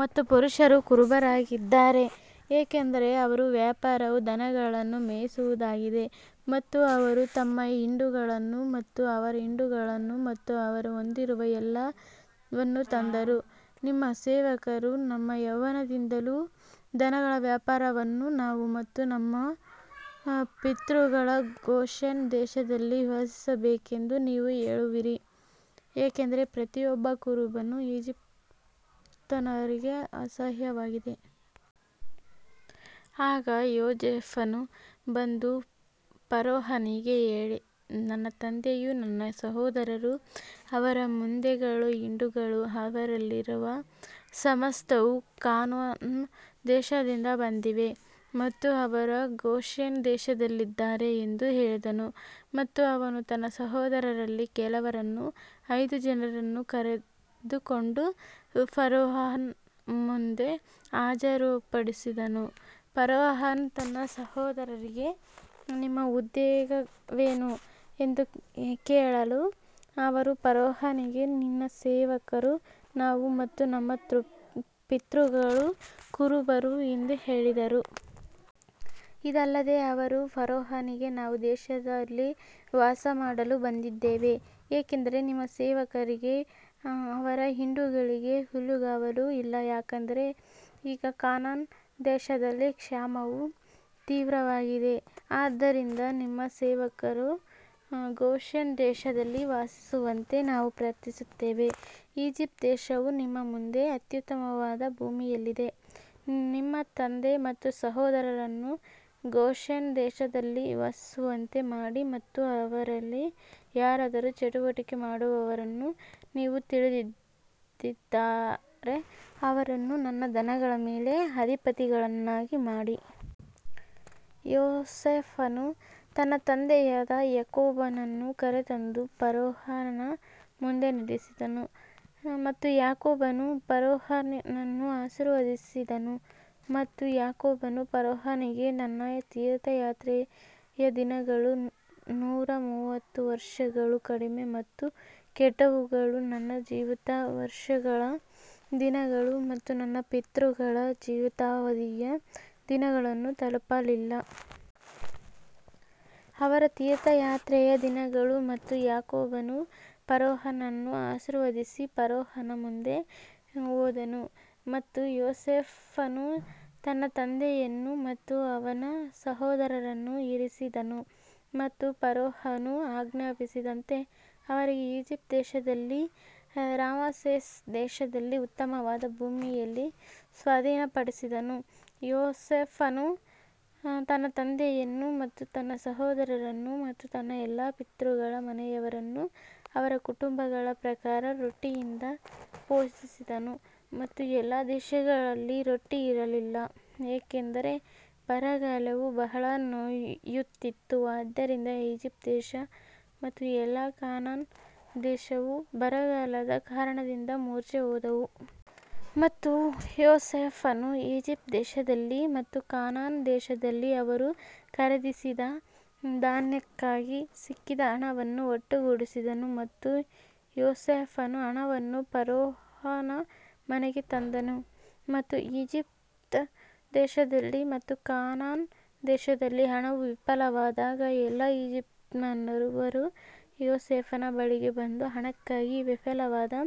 ಮತ್ತು ಪುರುಷರು ಕುರುಬರಾಗಿದ್ದಾರೆ ಏಕೆಂದರೆ ಅವರ ವ್ಯಾಪಾರವು ದನಗಳನ್ನು ಮೇಯಿಸುವುದಾಗಿದೆ ಮತ್ತು ಅವರು ತಮ್ಮ ಹಿಂಡುಗಳನ್ನು ಮತ್ತು ಅವರ ಹಿಂಡುಗಳನ್ನು ಮತ್ತು ಅವರು ಹೊಂದಿರುವ ಎಲ್ಲವನ್ನೂ ತಂದರು. ನಿಮ್ಮ ಸೇವಕರು ನಮ್ಮ ಯೌವನದಿಂದಲೂ ದನಗಳ ವ್ಯಾಪಾರವನ್ನು ನಾವು ಮತ್ತು ನಮ್ಮ ಪಿತೃಗಳು ಗೋಷೆನ್ ದೇಶದಲ್ಲಿ ವಾಸಿಸಬೇಕೆಂದು ನೀವು ಹೇಳುವಿರಿ ಏಕೆಂದರೆ ಪ್ರತಿಯೊಬ್ಬ ಕುರುಬನು ಈಜಿಪ್ಟಿನವರಿಗೆ ಅಸಹ್ಯವಾಗಿದೆ. ಆಗ ಯೋಸೇಫನು ಬಂದು ಫರೋಹನಿಗೆ ಹೇಳಿ ನನ್ನ ತಂದೆಯೂ ನನ್ನ ಸಹೋದರರೂ ಅವರ ಮಂದೆಗಳೂ ಹಿಂಡುಗಳೂ ಅವರಲ್ಲಿರುವ ಸಮಸ್ತವೂ ಕಾನಾನ್ ದೇಶದಿಂದ ಬಂದಿವೆ ಮತ್ತು ಅವರು ಗೋಷೆನ್ ದೇಶದಲ್ಲಿದ್ದಾರೆ ಎಂದು ಹೇಳಿದನು. ಮತ್ತು ಅವನು ತನ್ನ ಸಹೋದರರಲ್ಲಿ ಕೆಲವರನ್ನು ಐದು ಜನರನ್ನು ಕರೆದುಕೊಂಡು ಫರೋಹನ ಮುಂದೆ ಹಾಜರುಪಡಿಸಿದನು ಫರೋಹನು ತನ್ನ ಸಹೋದರರಿಗೆ ನಿಮ್ಮ ಉದ್ಯೋಗವೇನು ಎಂದು ಕೇಳಲು ಅವರು ಫರೋಹನಿಗೆ ನಿನ್ನ ಸೇವಕರು ನಾವು ಮತ್ತು ನಮ್ಮ ಪಿತೃಗಳು ಕುರುಬರು ಎಂದು ಹೇಳಿದರು. ಇದಲ್ಲದೆ ಅವರು ಫರೋಹನಿಗೆ ನಾವು ದೇಶದಲ್ಲಿ ವಾಸಮಾಡಲು ಬಂದಿದ್ದೇವೆ ಏಕೆಂದರೆ ನಿಮ್ಮ ಸೇವಕರಿಗೆ ಅವರ ಹಿಂಡುಗಳಿಗೆ ಹುಲ್ಲುಗಾವಲು ಇಲ್ಲ ಯಾಕಂದರೆ ಈಗ ಕಾನಾನ್ ದೇಶದಲ್ಲಿ ಕ್ಷಾಮವು ತೀವ್ರವಾಗಿದೆ ಆದ್ದರಿಂದ ನಿಮ್ಮ ಸೇವಕರು ಗೋಷೆನ್ ದೇಶದಲ್ಲಿ ವಾಸಿಸುವಂತೆ ನಾವು ಪ್ರಾರ್ಥಿಸುತ್ತೇವೆ. ಈಜಿಪ್ಟ್ ದೇಶವು ನಿಮ್ಮ ಮುಂದೆ ಅತ್ಯುತ್ತಮವಾದ ಭೂಮಿಯಲ್ಲಿದೆ ನಿಮ್ಮ ತಂದೆ ಮತ್ತು ಸಹೋದರರನ್ನು ಗೋಶೆನ್ ದೇಶದಲ್ಲಿ ವಾಸಿಸುವಂತೆ ಮಾಡಿ ಮತ್ತು ಅವರಲ್ಲಿ ಯಾರಾದರೂ ಚಟುವಟಿಕೆ ಮಾಡುವವರನ್ನು ನೀವು ತಿಳಿದಿದ್ದರೆ ಅವರನ್ನು ನನ್ನ ದನಗಳ ಮೇಲೆ ಅಧಿಪತಿಗಳನ್ನಾಗಿ ಮಾಡಿ. ಯೋಸೇಫನು ತನ್ನ ತಂದೆಯಾದ ಯಾಕೋಬನನ್ನು ಕರೆತಂದು ಫರೋಹನ ಮುಂದೆ ನಿಲ್ಲಿಸಿದನು ಮತ್ತು ಯಾಕೋಬನು ಫರೋಹನನ್ನು ಆಶೀರ್ವದಿಸಿದನು ಮತ್ತು ಯಾಕೋಬನು ಫರೋಹನಿಗೆ ನನ್ನ ತೀರ್ಥಯಾತ್ರೆಯ ದಿನಗಳು ನೂರ ಮೂವತ್ತು ವರ್ಷಗಳು ಕಡಿಮೆ ಮತ್ತು ಕೆಟ್ಟವುಗಳು ನನ್ನ ಜೀವಿತದ ವರ್ಷಗಳ ದಿನಗಳು ಮತ್ತು ನನ್ನ ಪಿತೃಗಳ ಜೀವಿತಾವಧಿಯ ದಿನಗಳನ್ನು ತಲುಪಲಿಲ್ಲ. ಅವರ ತೀರ್ಥಯಾತ್ರೆಯ ದಿನಗಳು ಮತ್ತು ಯಾಕೋಬನು ಫರೋಹನನ್ನು ಆಶೀರ್ವದಿಸಿ ಫರೋಹನ ಮುಂದೆ ಹೋದನು ಮತ್ತು ಯೋಸೇಫನು ತನ್ನ ತಂದೆಯನ್ನು ಮತ್ತು ಅವನ ಸಹೋದರರನ್ನು ಇರಿಸಿದನು ಮತ್ತು ಫರೋಹನು ಆಜ್ಞಾಪಿಸಿದಂತೆ ಅವರಿಗೆ ಈಜಿಪ್ಟ್ ದೇಶದಲ್ಲಿ ರಾಮಸೇಸ್ ದೇಶದಲ್ಲಿ ಉತ್ತಮವಾದ ಭೂಮಿಯಲ್ಲಿ ಸ್ವಾಧೀನಪಡಿಸಿದನು. ಯೋಸೇಫನು ತನ್ನ ತಂದೆಯನ್ನು ಮತ್ತು ತನ್ನ ಸಹೋದರರನ್ನು ಮತ್ತು ತನ್ನ ಎಲ್ಲಾ ಪಿತೃಗಳ ಮನೆಯವರನ್ನು ಅವರ ಕುಟುಂಬಗಳ ಪ್ರಕಾರ ರೊಟ್ಟಿಯಿಂದ ಪೋಷಿಸಿದನು ಮತ್ತು ಎಲ್ಲಾ ದೇಶಗಳಲ್ಲಿ ರೊಟ್ಟಿ ಇರಲಿಲ್ಲ ಏಕೆಂದರೆ ಬರಗಾಲವು ಬಹಳ ನೋಯುತ್ತಿತ್ತು, ಆದ್ದರಿಂದ ಈಜಿಪ್ಟ್ ದೇಶ ಮತ್ತು ಎಲ್ಲಾ ಕಾನಾನ್ ದೇಶವು ಬರಗಾಲದ ಕಾರಣದಿಂದ ಮೂರ್ಛೆ ಹೋದವು. ಮತ್ತು ಯೋಸೇಫನು ಈಜಿಪ್ಟ್ ದೇಶದಲ್ಲಿ ಮತ್ತು ಕಾನಾನ್ ದೇಶದಲ್ಲಿ ಅವರು ಖರೀದಿಸಿದ ಧಾನ್ಯಕ್ಕಾಗಿ ಸಿಕ್ಕಿದ ಹಣವನ್ನು ಒಟ್ಟುಗೂಡಿಸಿದನು ಮತ್ತು ಯೋಸೇಫನು ಹಣವನ್ನು ಫರೋಹನ ಮನೆಗೆ ತಂದನು. ಮತ್ತು ಈಜಿಪ್ಟ್ ದೇಶದಲ್ಲಿ ಮತ್ತು ಕಾನಾನ್ ದೇಶದಲ್ಲಿ ಹಣವು ವಿಫಲವಾದಾಗ ಎಲ್ಲಾ ಈಜಿಪ್ಟಿನವರು ಯೋಸೇಫನ ಬಳಿಗೆ ಬಂದು ಹಣಕ್ಕಾಗಿ ವಿಫಲವಾದ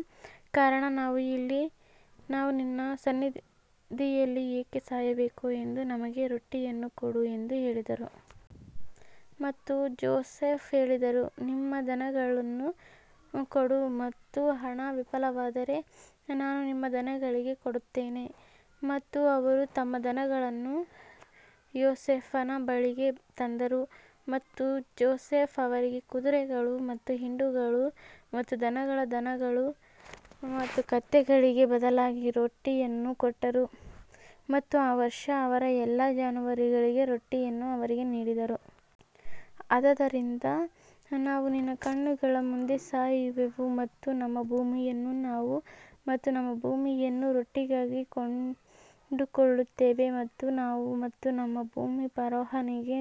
ಕಾರಣ ನಾವು ನಿನ್ನ ಸನ್ನಿಧಿಯಲ್ಲಿ ಏಕೆ ಸಾಯಬೇಕು ಎಂದು ನಮಗೆ ರೊಟ್ಟಿಯನ್ನು ಕೊಡು ಎಂದು ಹೇಳಿದರು. ಮತ್ತು ಜೋಸೆಫ್ ಹೇಳಿದರು ನಿಮ್ಮ ದನಗಳನ್ನು ಕೊಡು ಮತ್ತು ಹಣ ವಿಫಲವಾದರೆ ನಾನು ನಿಮ್ಮ ದನಗಳಿಗೆ ಕೊಡುತ್ತೇನೆ ಮತ್ತು ಅವರು ತಮ್ಮ ದನಗಳನ್ನು ಯೋಸೇಫನ ಬಳಿಗೆ ತಂದರು ಮತ್ತು ಜೋಸೆಫ್ ಅವರಿಗೆ ಕುದುರೆಗಳು ಮತ್ತು ಹಿಂಡುಗಳು ಮತ್ತು ದನಗಳ ದನಗಳು ಮತ್ತು ಕತ್ತೆಗಳಿಗೆ ಬದಲಾಗಿ ರೊಟ್ಟಿಯನ್ನು ಕೊಟ್ಟರು ಮತ್ತು ಆ ವರ್ಷ ಅವರ ಎಲ್ಲಾ ಜಾನುವಾರುಗಳಿಗೆ ರೊಟ್ಟಿಯನ್ನು ಅವರಿಗೆ ನೀಡಿದರು. ಆದದರಿಂದ ನಾವು ನಿನ್ನ ಕಣ್ಣುಗಳ ಮುಂದೆ ಸಾಯುವೆವು ಮತ್ತು ನಮ್ಮ ಭೂಮಿಯನ್ನು ನಾವು ಮತ್ತು ನಮ್ಮ ಭೂಮಿಯನ್ನು ರೊಟ್ಟಿಗಾಗಿ ಕೊಂಡುಕೊಳ್ಳುತ್ತೇವೆ ಮತ್ತು ನಾವು ಮತ್ತು ನಮ್ಮ ಭೂಮಿ ಫರೋಹನಿಗೆ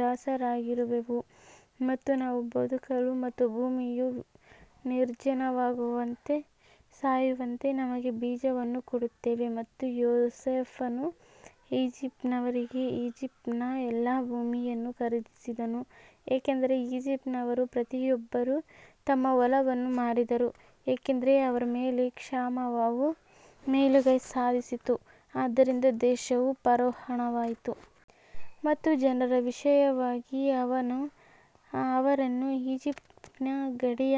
ದಾಸರಾಗಿರುವೆವು ಮತ್ತು ನಾವು ಬದುಕಲು ಮತ್ತು ಭೂಮಿಯು ನಿರ್ಜನವಾಗದಂತೆ ಸಾಯುವಂತೆ ನಮಗೆ ಬೀಜವನ್ನು ಕೊಡುತ್ತೇವೆ. ಮತ್ತು ಯೋಸೇಫನು ಈಜಿಪ್ಟಿನವರಿಗೆ ಈಜಿಪ್ಟಿನ ಎಲ್ಲಾ ಭೂಮಿಯನ್ನು ಖರೀದಿಸಿದನು, ಏಕೆಂದರೆ ಈಜಿಪ್ಟಿನವರು ಪ್ರತಿಯೊಬ್ಬರೂ ತಮ್ಮ ಹೊಲವನ್ನು ಮಾರಿದರು, ಏಕೆಂದರೆ ಅವರ ಮೇಲೆ ಕ್ಷಾಮವು ಮೇಲುಗೈ ಸಾಧಿಸಿತು, ಆದ್ದರಿಂದ ದೇಶವು ಫರೋಹಣವಾಯಿತು. ಮತ್ತು ಜನರ ವಿಷಯವಾಗಿ ಅವನು ಅವರನ್ನು ಈಜಿಪ್ಟಿನ ಗಡಿಯ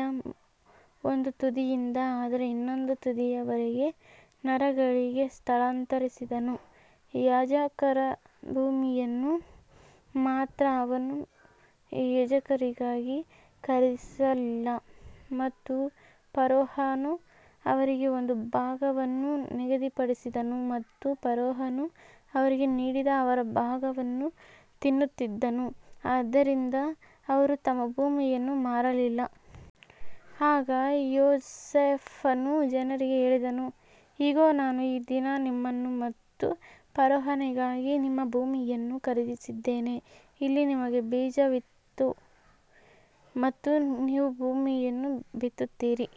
ಒಂದು ತುದಿಯಿಂದ ಅದರ ಇನ್ನೊಂದು ತುದಿಯವರೆಗೆ ನಗರಗಳಿಗೆ ಸ್ಥಳಾಂತರಿಸಿದನು ಯಾಜಕರ ಭೂಮಿಯನ್ನು ಮಾತ್ರ ಅವನು ಯಾಜಕರಿಗಾಗಿ ಖರೀದಿಸಲಿಲ್ಲ ಮತ್ತು ಫರೋಹನು ಅವರಿಗೆ ಒಂದು ಭಾಗವನ್ನು ನಿಗದಿಪಡಿಸಿದನು ಮತ್ತು ಫರೋಹನು ಅವರಿಗೆ ನೀಡಿದ ಅವರ ಭಾಗವನ್ನು ತಿನ್ನುತ್ತಿದ್ದನು ಆದ್ದರಿಂದ ಅವರು ತಮ್ಮ ಭೂಮಿಯನ್ನು ಮಾರಲಿಲ್ಲ. ಆಗ ಯೋಸೇಫನು ಜನರಿಗೆ ಹೇಳಿದನು, ಇಗೋ, ನಾನು ಈ ದಿನ ನಿಮ್ಮನ್ನು ಮತ್ತು ಫರೋಹನಿಗಾಗಿ ನಿಮ್ಮ ಭೂಮಿಯನ್ನು ಖರೀದಿಸಿದ್ದೇನೆ, ಇಲ್ಲಿ ನಿಮಗೆ ಬೀಜವಿದೆ ಮತ್ತು ನೀವು ಭೂಮಿಯನ್ನು ಬಿತ್ತುತ್ತೀರಿ.